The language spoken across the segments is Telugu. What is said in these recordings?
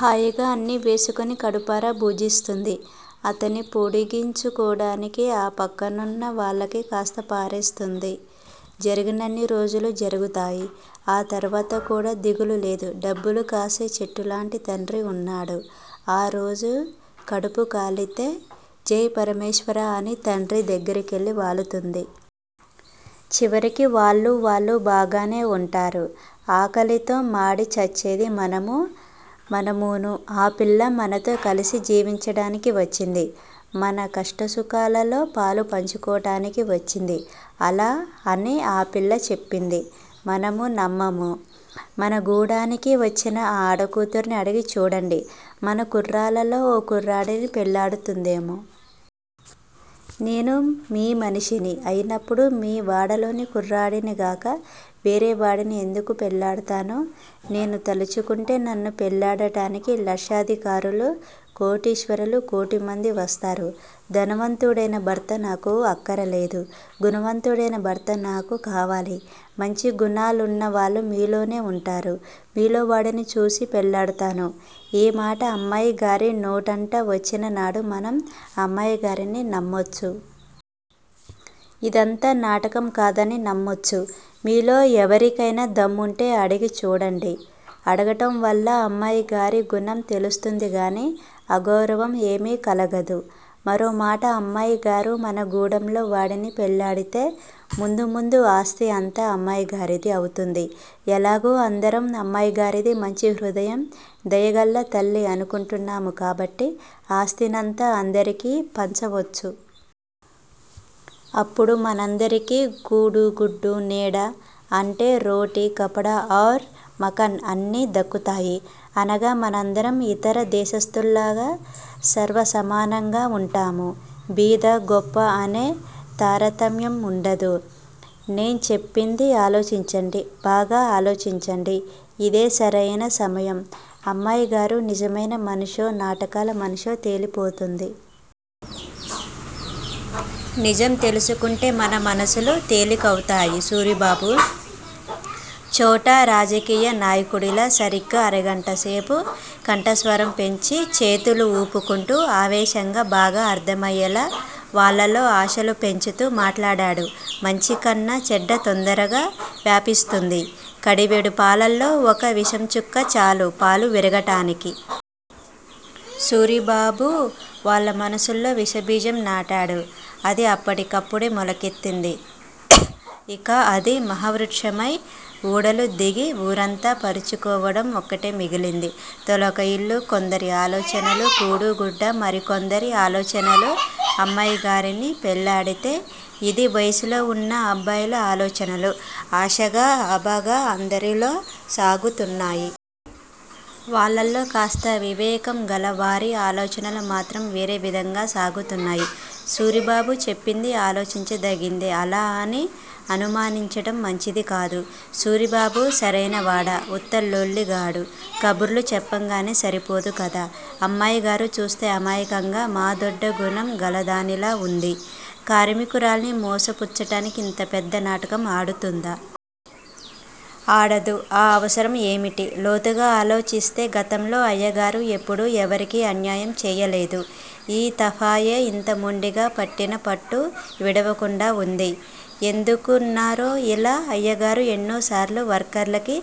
హాయిగా అన్నీ వేసుకుని కడుపార భుజిస్తుంది. తనని పొగిడించుకోటానికి ఆ పక్కనున్న వాళ్ళకి కాస్త పారేస్తుంది. జరిగినన్ని రోజులు జరుగుతాయి. ఆ తర్వాత కూడా దిగులులేదు. డబ్బులు కాసే చెట్టులాంటి తండ్రి వున్నాడు. ఆ రోజు కడుపుకాలితే జై పరమేశ్వరా అని తండ్రి దగ్గరకెళ్ళి వాలుతుంది. చివరికి వాళ్ళూ వాళ్ళూ బాగానే వుంటారు. ఆకలితో మాడి చచ్చేది మనమూ మనమూను. ఆ పిల్ల మనతో కలిసి జీవించటానికి వచ్చింది మన కష్టసుఖాలలో పాలు పంచుకోవటానికి వచ్చింది. అలా అని ఆ పిల్ల చెప్పింది. మనము నమ్మాము. మన గూడానికి వచ్చిన ఆ ఆడకూతుర్ని అడిగి చూడండి మన కుర్రాళ్ళలో ఓ కుర్రాడిని పెళ్ళాడుతుందేమో! నేను మీ మనిషిని అయినప్పుడు మీ వాడలోని కుర్రాడినిగాక వేరేవాడిని యెందుకు పెళ్ళాడుతాను! నేను తలుచుకుంటే నన్ను పెళ్ళాడటానికి లక్షాధికారులు, కోటీశ్వరులు కోటిమంది వస్తారు. ధనవంతుడయిన భర్త నాకు అక్కరలేదు. గుణవంతుడయిన భర్త నాకు కావాలి. మంచి గుణాలవాళ్ళు మీలోనే వుంటారు. మీలో వాడిని చూసి పెళ్ళాడతాను ఈమాట అమ్మాయిగారి నోటంట వచ్చిననాడు మనం అమ్మాయిగారిని నమ్మొచ్చు. ఇదంతా నాటకం కాదని నమ్మొచ్చు. మీలో యెవరికయినా దమ్ముంటే అడిగి చూడండి. అడగటంవల్ల అమ్మాయిగారి గుణం తెలుస్తుందిగాని అగౌరవం ఏమీ కలగదు. మరో మాట అమ్మాయిగారు మన గూడెంలో వాడిని పెళ్ళాడితే ముందు ముందు ఆస్తీ అంతా అమ్మాయిగారిది అవుతుంది ఎలాగూ అందరం అమ్మాయిగారిది మంచి హృదయం, దయగల తల్లి అనుకుంటున్నాము కాబట్టి ఆస్తినంతా అందరికీ పంచవచ్చు. అప్పుడు మనందరికి కూడు గుడ్డ నీడ అంటే రోటీ కపడ ఔర్ మకాన్ అన్ని దక్కుతాయి. అనగ మనందరం ఇతర దేశస్తులలాగ సర్వసమానంగా వుంటాము. బీద గొప్ప అనే తారతమ్యం వుండదు. నేచెప్పింది ఆలోచించండి బాగా ఆలోచించండి. ఇదే సరయిన సమయం అమ్మాయిగారు నిజమైన మనిషో, నాటకాల మనిషో తెలిపోతుంది. నిజం తెలుసుకుంటే మన మనసులు తేలికవుతాయి సూరిబాబు ఛోటా రాజకీయ నాయకుడిలా సరిగ్గా అరగంటసేపు కంఠస్వరం పెంచి చేతులు ఊపుకుంటూ ఆవేశంగా బాగా అర్ధమయేలా వాళ్ళలో ఆశలు పెంచుతూ మాట్లాడాడు. మంచికన్నా చెడ్డ తొందరగా వ్యాపిస్తుంది. కడివెడు పాలల్లో ఒక విషంచుక్క చాలు పాలు విరగటానికి. సూరిబాబు వాళ్ళ మనసుల్లో విషబీజం నాటాడు. అది అప్పటికప్పుడే మొలకెత్తింది. ఇక అది మహావృక్షమై ఊడలుదిగి వూరంతా పరుచుకోవటం ఒక్కటే మిగిలింది. తలొక ఇల్లు కొందరి ఆలోచనలు. కూడుగుడ్డ మరికొందరి ఆలోచనలు అమ్మాయిగారిని పెళ్ళాడితే! ఇది వయసులో వున్న అబ్బాయిల ఆలోచనలు! ఆశగా ఆబగా అందరిలో సాగుతున్నాయి. వాళ్ళల్లో కాస్త వివేకంగల వారి ఆలోచనలు మాత్రం వేరేవిధంగా సాగుతున్నాయి. సూరిబాబు చెప్పింది ఆలోచించదగిందే అలా అని అనుమానించటం మంచిదికాదు. సూరిబాబు సరయినవాడా! ఉత్తలొల్లి గాడు. కబుర్లు చెప్పంగానే సరిపోదు కదా? అమ్మాయిగారు చూస్తే అమాయకంగా మాదొడ్డ గుణం కలదానిలా వుంది. కార్మికురాల్ని మోసపుచ్చటానికి ఇంత పెద్ద నాటకం ఆడుతుందా? ఆడదు ఆ అవసరం యేమిటి? లోతుగ ఆలోచిస్తే గతంలో అయ్యగారు ఎప్పుడూ ఎవరికీ అన్యాయం చేయలేదు. ఈ తఫాయే ఇంత మొండిగా పట్టినపట్టు విడవకుండా వుంది. ఎందుకున్నారో యిలా అయ్యగారు ఎన్నోసార్లు వర్కర్లకి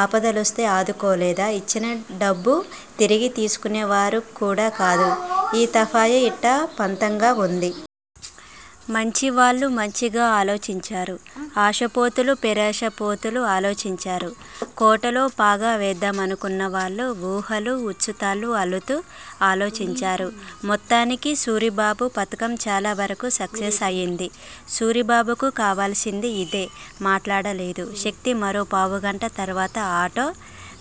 ఆపదలొస్తే ఆదుకోలేదా! ఇచ్చిన డబ్బు తిరిగి తీసుకునేవారు కూడా కాదు. ఈ తఫాయే యిట్టా పంతంగా వుంది. మంచివాళ్ళు మంచిగా ఆలోచించారు. ఆశపోతులు పేరాశపోతూ ఆలోచించారు. కోటలో పాగా వేద్దామనుకున్నవాళ్ళు వూహల ఉచ్చుతాళ్ళు అల్లుతూ ఆలోచించారు. మొత్తానికి సూరిబాబు పథకం చాలావరకు సక్సెస్ అయింది. సూరిబాబుకి కావల్సింది ఇదే! మాట్లాడలేదు శక్తి. మరో పావుగంట తర్వాత, ఆటో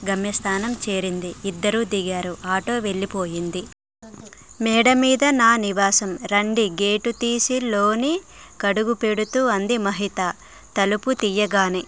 గమ్యస్థానం చేరింది. ఇద్దరూ దిగారు. ఆటో వెళ్ళిపోయింది. మేడమీద నా నివాసం రండి గేటుతీసి లోని కడుగుబెడుతూ అంది మహిత. తలుపు తీయగానే